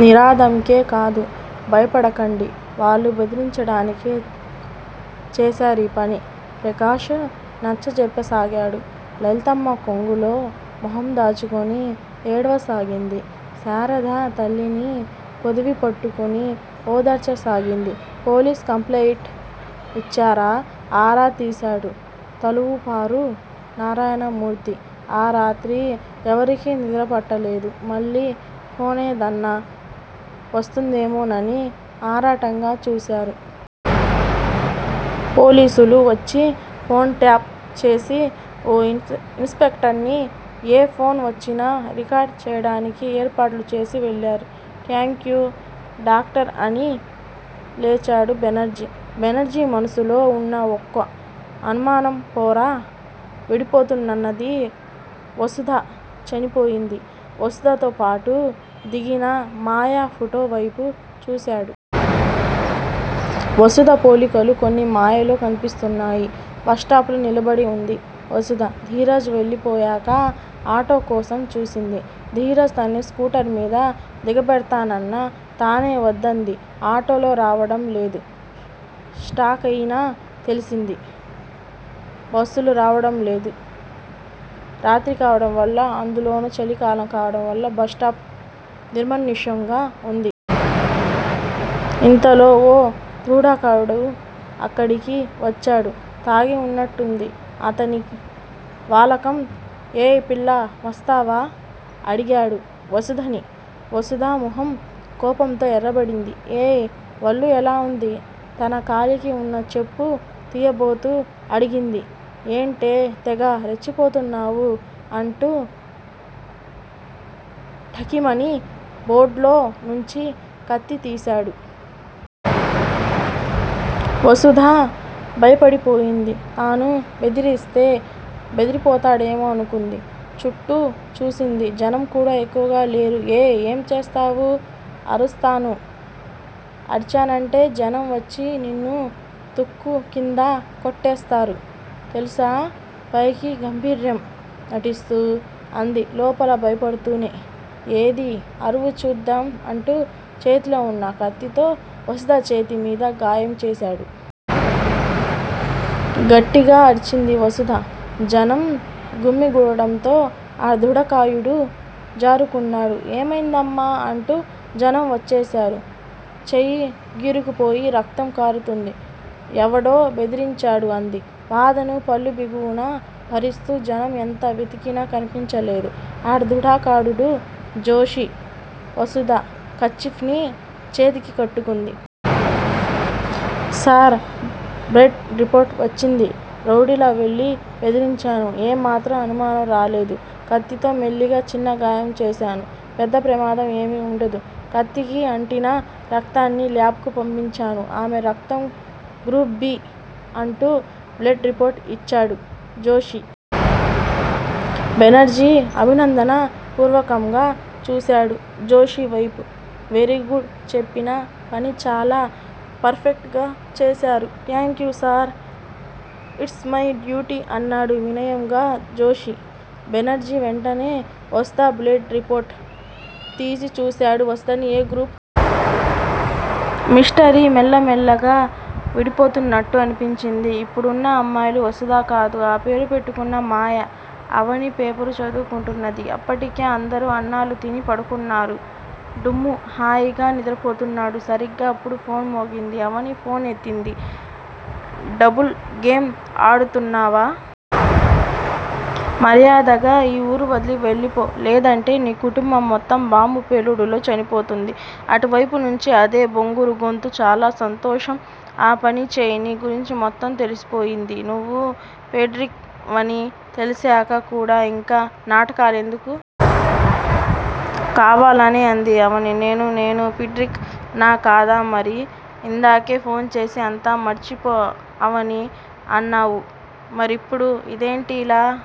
నీరాదకేం కాదు భయపడకండి వాళ్లు బెదిరించడానికి చేశారీపని ప్రకాష్ నచ్చచెప్పసాగాడు. లలితమ్మ కొంగులో మొహం దాచుకుని ఏడవసాగింది. శారద తల్లిని పొదివిపట్టుకుని ఓదార్చసాగింది. పోలీస్ కంప్లయింట్ ఇచ్చారా ఆరా తీశాడు. తలవూపారు నారాయణమూర్తి. ఆ రాత్రి ఎవరికీ నిద్రపట్టలేదు. మళ్ళీ ఫోనేదన్నా వస్తుందేమోనని ఆరాటంగా చూశారు. పోలీసులు వచ్చి ఫోన్ ట్యాప్ చేసి ఓ ఇన్ స్పెక్టరుని ఏ ఫోన్ వచ్చినా రికార్డు చెయ్యడానికి ఏర్పాట్లు చేసి వెళ్ళారు. థేంక్యూ డాక్టర్ అని లేచాడు బెనర్జీ. బెనర్జీ మనసులో వున్న ఒక్కో అనుమానంపోర విడిపోతునన్నాది. వసుధ చనిపోయింది. వసుధతో పాటు దిగిన మాయ ఫోటో వైపు చూసాడు. వసుధ పోలికలు కొన్ని మాయలో కనిపిస్తున్నాయి. బస్ స్టాప్ లో నిలబడి వుంది వసుధ. ధీరజ్ వెళ్ళిపోయాక, ఆటో కోసం చూసింది. ధీరజ్ తనని స్కూటర్ మిద దిగబెడతానన్నా తనే వద్దంది. ఆటోలో రావడంలేదు. స్ట్రయికని తెలిసింది. బస్సులు రావడం లేదు. రాత్రి కావడం వల్ల, అందులోనూ చలికాలం కావడంవల్ల బస్టాప్ నిర్మనుష్యంగా వుంది. ఇంతలో ఓ దృఢకాయుడు అక్కడికి వచ్చాడు. తాగి వున్నట్టుంది అతని వాలకం. ఏయ్ పిల్లా వస్తావా? అడిగాడు వసుధని. వసుధ మొహం కోపంతో ఎర్రబడింది. ఏయ్ వళ్ళు ఎలా వుంది? తన కాలికి వున్న చెప్పు తియబోతూ అడిగింది. ఏంటే తెగ రెచ్చిపోతున్నావు? అంటూ ఠకీమని బొడ్లో నుంచి కత్తి తీసాడు. వసుధ భయపడిపోయింది. తను బెదిరిస్తే బెదిరిపోతాడేమోనుకుంది. చుట్టూ చూసింది. జనం కూడా ఎక్కువగా లేరు. ఏయ్ ఏం చేస్తావు? అరుస్తాను అరిచానంటే జనం వచ్చి నిన్ను తుక్కు కింద కొట్టేస్తారు తెలుసా పైకి గాంభీర్యం నటిస్తూ అంది లోపల భయపడుతూనే. ఏదీ అరువు చూద్దాం అంటూ చేతిలో వున్న కత్తితో వసుధ చేతి మీద గాయం చేసాడు. గట్టిగా అరిచింది వసుధ. జనం గుమిగూడడంతో ఆ దృఢకాయుడు జారుకున్నాడు. ఏమైందమ్మా అంటూ జనం వచ్చేసారు. చేయి గీరుకుపోయి రక్తం కారుతుంది. ఎవడో బెదిరించాడు అంది బాధను పళ్ళు బిగువున భరిస్తూ జనం ఎంత వెతికినా కనిపించలేదు. ఆ దృఢకాయుడు- జోషి. వసుధ, కర్చీఫ్ ని చేతికి కట్టుకుంది. సార్ బ్లడ్ రిపోర్ట్ వచ్చింది. రౌడీలా వెళ్ళి బెదిరించాను. ఏ మాత్రం అనుమానం రాలేదు. కత్తితో మెల్లిగా చిన్న గాయం చేసాను పెద్ద ప్రమాదం ఏమీ వుండదు. కత్తికి అంటిన రక్తాన్ని లాబ్ కు పంపించాను. ఆమె రక్తం గ్రూప్ 'బి'. అంటూ బ్లడ్ రిపోర్ట్ ఇచ్చాడు జోషి. బెనర్జీ అభినందన పూర్వకంగా చూసాడు జోషివైపు. వెరీ గుడ్ చెప్పిన పని చాలా పర్ ఫెక్ట్ గా చేసారు. Thank you sir it's my duty అన్నాడు వినయంగా జోషి. బెనర్జీ వెంటనే వసుధ బ్లడ్ రిపోర్ట్ తీసి చూసాడు. వసుధ ది 'ఏ' గ్రూప్. మిస్టరీ మెల్ల మెల్లగా విడిపోతున్నట్టు అనిపించింది. ఇప్పుడున్న అమ్మాయి వసుధ కాదు. ఆ పేరు పెట్టుకున్న మాయ. అవని పేపరు చదువుకుంటున్నది. అప్పటికే అందరూ అన్నాలు తిని పడుకున్నారు, డుంబు హాయిగా నిద్రపోతున్నాడు. సరిగ్గా అప్పుడు ఫోన్ మోగింది. అవని ఫోన్ ఎత్తింది. డబుల్ గేమ్ ఆడుతున్నావా? మర్యాదగా ఈ ఊరు వదిలి వెళ్ళిపో లేదంటే నీ కుటుంబం మొత్తం బాంబు పేలుడులో చనిపోతుంది అటువైపు నుంచి అదే బొంగురు గొంతు. చాలా సంతోషం ఆ పని చెయ్ నీ గురించి మొత్తం తెలిసిపోయింది. నువ్వు ఫెడ్రిక్ వని తెలిసాక కూడా ఇంకా నాటకాలెందుకు? కావాలనే అంది అవని. నేను నేను ఫిడ్రిక్ నా? కాదా మరి ఇందాకే ఫోన్ చేసి అంతా మరిచిపో అవనీ అన్నావు మరిప్పుడు ఇదేంటి? ఇలా